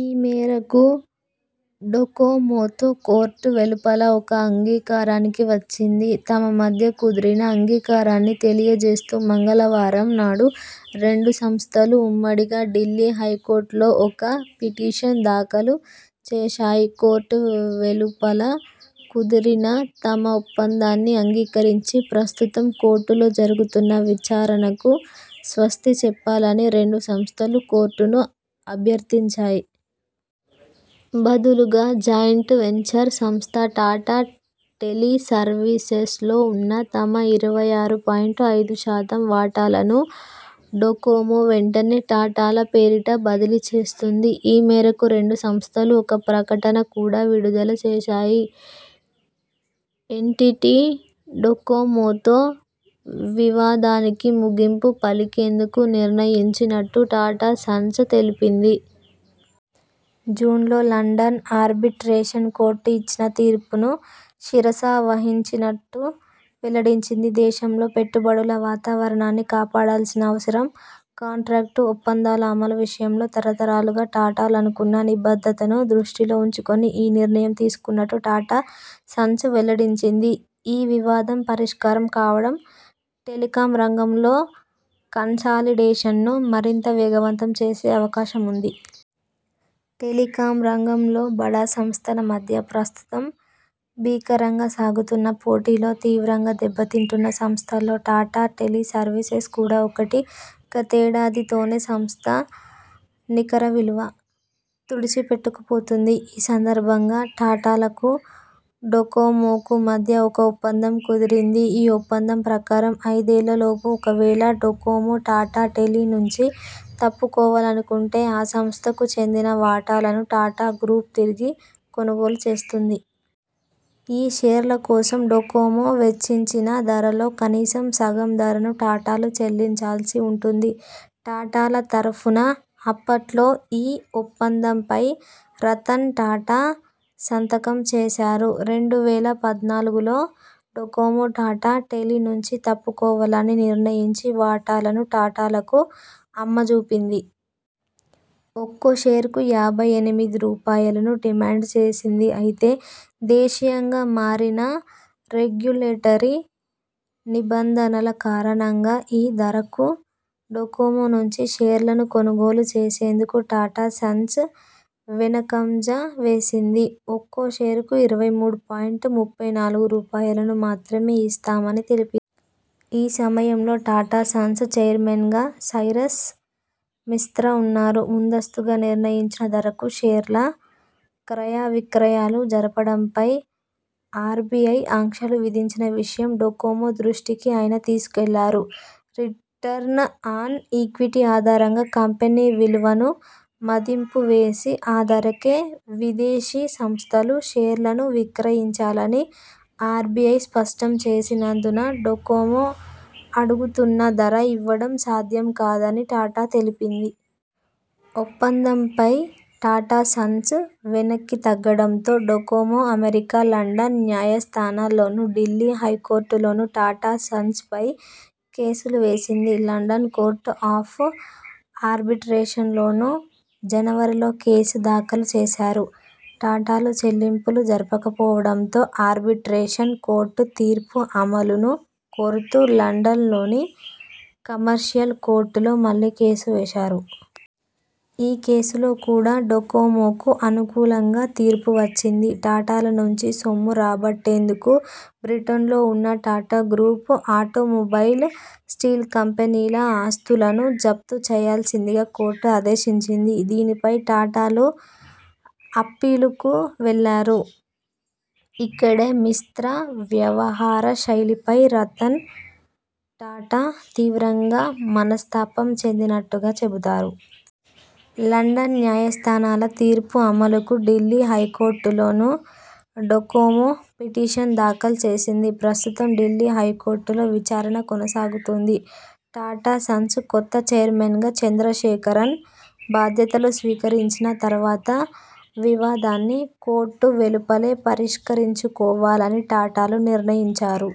ఈ మేరకు డొకోమోతో కోర్టు వెలుపల ఒక అంగీకారానికి వచ్చింది. తమ మధ్య కుదిరిన అంగీకారాన్ని తెలియజేస్తూ, మంగళవారం నాడు రెండు సంస్థలు ఉమ్మడిగా ఢిల్లీ హైకోర్టులో ఒక పిటిషన్ దాఖలు చేశాయి. కోర్టు వెలుపల కుదిరిన తమ ఒప్పందాన్ని అంగీకరించి, ప్రస్తుతం కోర్టులో జరుగుతున్న విచారణకు స్వస్తిచెప్పాలని రెండు సంస్థలూ కోర్టును అభ్యర్ధించాయి. బదులుగా జాయింట్ వెంచర్ సంస్థ టాటా టెలిసర్వీసెస్ లో ఉన్న తమ ఇరవై ఆరు పాయింట్ ఐదు శాతం వాటాలను డొకోమో వెంటనే టాటాల పేరిట బదిలీ చేస్తుంది. ఈ మేరకు రెండు సంస్థలు ఒక ప్రకటన కూడా విడుదల చేశాయి. ఎన్టిటి డొకోమోతో వివాదానికి ముగింపు పలికేందుకు నిర్ణయించినట్టు టాటా సన్స్ తెలిపింది. జూన్లో లండన్ ఆర్బిట్రేషన్ కోర్టు ఇచ్చిన తీర్పును శిరసావహించనున్నట్టు వెల్లడించింది. దేశంలో పెట్టుబడుల వాతావరణాన్ని కాపాడాల్సిన అవసరం, కాంట్రాక్టు ఒప్పందాల అమలు విషయంలో తరతరాలుగా టాటాలకున్న నిబద్ధతను దృష్టిలో ఉంచుకొని ఈ నిర్ణయం తీసుకున్నట్టు టాటా సన్స్ వెల్లడించింది. ఈ వివాదం పరిష్కారం కావడం టెలికామ్ రంగంలో కన్సాలిడేషన్ను మరింత వేగవంతం చేసే అవకాశముంది. టెలికామ్ రంగంలో బడా సంస్థల మధ్య ప్రస్తుతం భీకరంగా సాగుతున్న పోటీలో తీవ్రంగా దెబ్బతింటున్న సంస్థల్లో టాటా టెలిసర్వీసెస్ కూడా ఒకటి. గతేడాదితోనే సంస్థ నికరవిలువ తుడిచిపెట్టుకుపోయింది. ఈ సందర్భంగా టాటాలకు డొకోమోకు మధ్య ఒక ఒప్పందం కుదిరింది. ఈ ఒప్పందం ప్రకారం ఐదేళ్లలోపు ఒకవేళ డొకోమో టాటా టెలి నుంచి తప్పుకోవాలనుకుంటే ఆ సంస్థకు చెందిన వాటాలను టాటా గ్రూప్ తిరిగి కొనుగోలు చేస్తుంది. ఈ షేర్ల కోసం డొకోమో వెచ్చించిన ధరలో కనీసం సగం ధరను టాటాలు చెల్లించాల్సి ఉంటుంది. టాటాల తరఫున అప్పట్లో ఈ ఒప్పందంపై రతన్ టాటా సంతకం చేశారు. రెండు వేల పద్నాలుగులో డొకోమో టాటా టెలి నుంచి తప్పుకోవాలని నిర్ణయించి, వాటాలను టాటాలకు అమ్మజూపింది. ఒక్కో షేరుకు యాభై ఎనిమిది రూపాయలను డిమాండ్ చేసింది. అయితే, దేశీయంగా మారిన రెగ్యులేటరీ నిబంధనల కారణంగా, ఈ ధరకు డొకోమో నుంచి షేర్లను కొనుగోలు చేసేందుకు టాటా సన్స్ వెనకంజ వేసింది. ఒక్కో షేరుకు ఇరవై మూడు పాయింట్ ముప్పై నాలుగు రూపాయలను మాత్రమే ఇస్తామని తెలిపింది. ఈ సమయంలో టాటా సన్స్ చైర్మన్గా సైరస్ మిస్త్ర ఉన్నారు. ముందస్తుగా నిర్ణయించిన ధరకు షేర్ల క్రయవిక్రయాలు జరపడంపై ఆర్బిఐ ఆంక్షలు విధించిన విషయం డొకోమో దృష్టికి ఆయన తీసుకెళ్లారు. రిటర్న్ ఆన్ ఈక్విటీ ఆధారంగా కంపెనీ విలువను మదింపువేసి ఆ ధరకే విదేశీ సంస్థలు షేర్లను విక్రయించాలని ఆర్బిఐ స్పష్టం చేసినందున డొకోమో అడుగుతున్న ధర ఇవ్వడం సాధ్యం కాదని టాటా తెలిపింది. ఒప్పందంపై టాటా సన్స్ వెనక్కితగ్గడంతో, డొకోమో అమెరికా, లండన్ న్యాయస్థానాల్లోనూ ఢిల్లీ హై కోర్టులోనూ టాటా సన్స్ పై కేసులు వేసింది. లండన్ కోర్ట్ ఆఫ్ ఆర్బిట్రేషన్లోనూ జనవరిలో కేసు దాఖలు చేశారు. టాటాలు చెల్లింపులు జరపకపోవడంతో ఆర్బిట్రేషన్ కోర్టు తీర్పు అమలును కోరుతూ లండన్లోని కమర్షియల్ కోర్టులో మళ్లీ కేసు వేశారు. ఈ కేసులో కూడా డొకోమోకు అనుకూలంగా తీర్పు వచ్చింది. టాటాల నుంచి సొమ్ము రాబట్టేందుకు బ్రిటన్లో ఉన్న టాటా గ్రూప్ ఆటోమొబైల్, స్టీల్ కంపెనీల ఆస్తులను జప్తు చేయాల్సిందిగా కోర్టు ఆదేశించింది. దీనిపై టాటాలు అప్పీలుకు వెళ్లారు. ఇక్కడే మిస్త్ర వ్యవహారశైలిపై రతన్ టాటా తీవ్రంగా మనస్తాపం చెందినట్టుగా చెబుతారు. లండన్ న్యాయస్థానాల తీర్పు అమలుకు ఢిల్లీ హైకోర్టులో నూ డొకోమో పిటిషన్ దాఖలు చేసింది. ప్రస్తుతం ఢిల్లీ హైకోర్టులో విచారణ కొనసాగుతోంది. టాటా సన్స్ కొత్త చైర్మన్గా చంద్రశేఖరన్ బాధ్యతలు స్వీకరించిన తర్వాత వివాదాన్ని కోర్టు వెలుపలే పరిష్కరించుకోవాలని టాటాలు నిర్ణయించారు.